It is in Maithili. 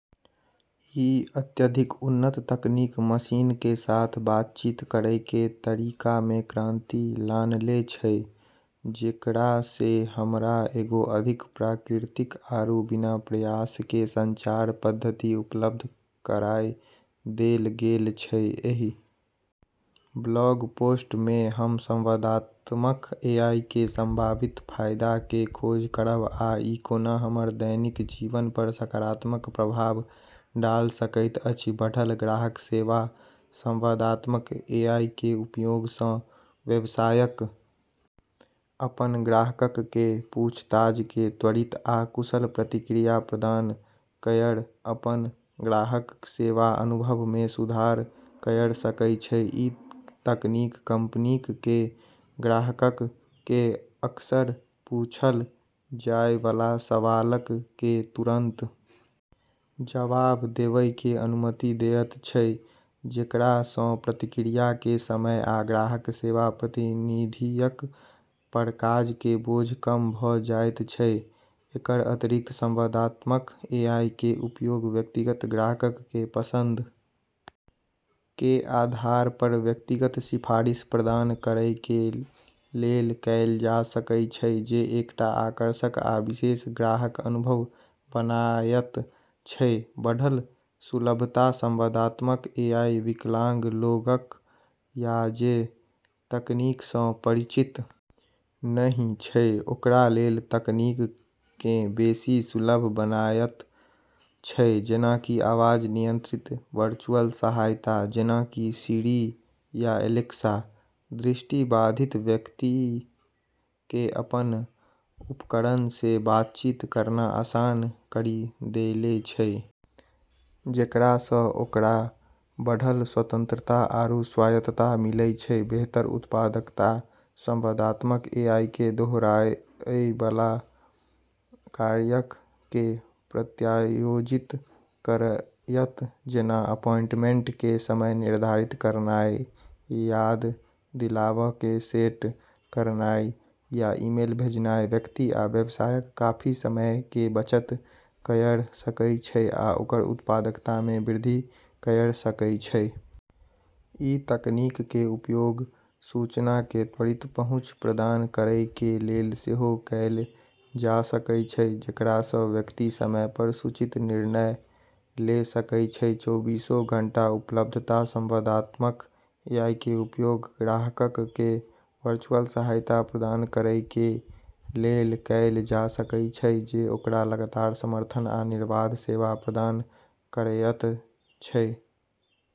ई अत्यधिक उन्नत तकनीक मशीनऽ के साथ बातचीत करै के तरीका मे क्रांति लानले छै, जेकरा से हमरा एगो अधिक प्राकृतिक आरू बिना प्रयास के संचार पद्धति उपलब्ध कराय देलऽ गेलऽ छै, एहि ब्लॉग पोस्ट में हम संवादात्मक एआई के संभावित फायदा के खोज करब आ ई कोना हमर दैनिक जीवन पर सकारात्मक प्रभाव डाल सकैत अछि, बढ़ल ग्राहक सेवा संवादात्मक एआई कें उपयोग सं व्यवसायक अपन ग्राहकक कें पूछताछ कें त्वरित आ कुशल प्रतिक्रिया प्रदान कयर अपन ग्राहक सेवा अनुभव मे सुधार कयर सकय छै, इ तकनीक कंपनीक कें ग्राहकक कें अक्सर पूछल जाय वाला सवालक कें तुरंत जवाब देवय कें अनुमति देयत छै‌ जेकरा सं प्रतिक्रिया कें समय आ ग्राहक सेवा प्रतिनिधियक पर काज कें बोझ कम भ जायत छै, एकर अतिरिक्त संवादात्मक एआई कें उपयोग व्यक्तिगत ग्राहकक कें पसंद कें आधार पर व्यक्तिगत सिफारिश प्रदान करय कें लेल कैल जा सकय छै जे एकटा आकर्षक आ विशेष ग्राहक अनुभव बनायत छै, बढ़ल सुलभता संवादात्मक एआई विकलांग लोगक या जे तकनीक सं परिचित नहि छै ओकरा लेल तकनीक कें बेसि सुलभ बनायत छै, जेना कि आवाज नियंत्रित वर्चुअल सहायक जेना कि सिरी या एलेक्सा, दृष्टिबाधित व्यक्तियऽ के अपनऽ उपकरणऽ से बातचीत करना आसान करी देले छै जेकरा स ओकरा बढ़लऽ स्वतंत्रता आरू स्वायत्तता मिलै छै, बेहतर उत्पादकता संवादात्मक एआई कें दोहराएय वाला कार्यक कें प्रत्यायोजित करयत जेना अपॉइंटमेंट कें समय निर्धारित करनाय, याद दिलावा कें सेट करनाय या ईमेल भेजनाय, व्यक्ति आ व्यवसायक काफी समय कें बचत कयर सकय छै आ ओकर उत्पादकता मे वृद्धि कयर सकय छै. इ तकनीक कें उपयोग सूचना कें त्वरित पहुंच प्रदान करय कें लेल सेहो कैल जा सकय छै जेकरा सं व्यक्ति समय पर सूचित निर्णय ले सकय छै, चौबीसों घंटा उपलब्धता संवादात्मक एआई कें उपयोग ग्राहकक कें वर्चुअल सहायता प्रदान करय कें लेल कैल जा सकय छै जे ओकरा लगातार समर्थन आ निर्बाध सेवा प्रदान करयत छै।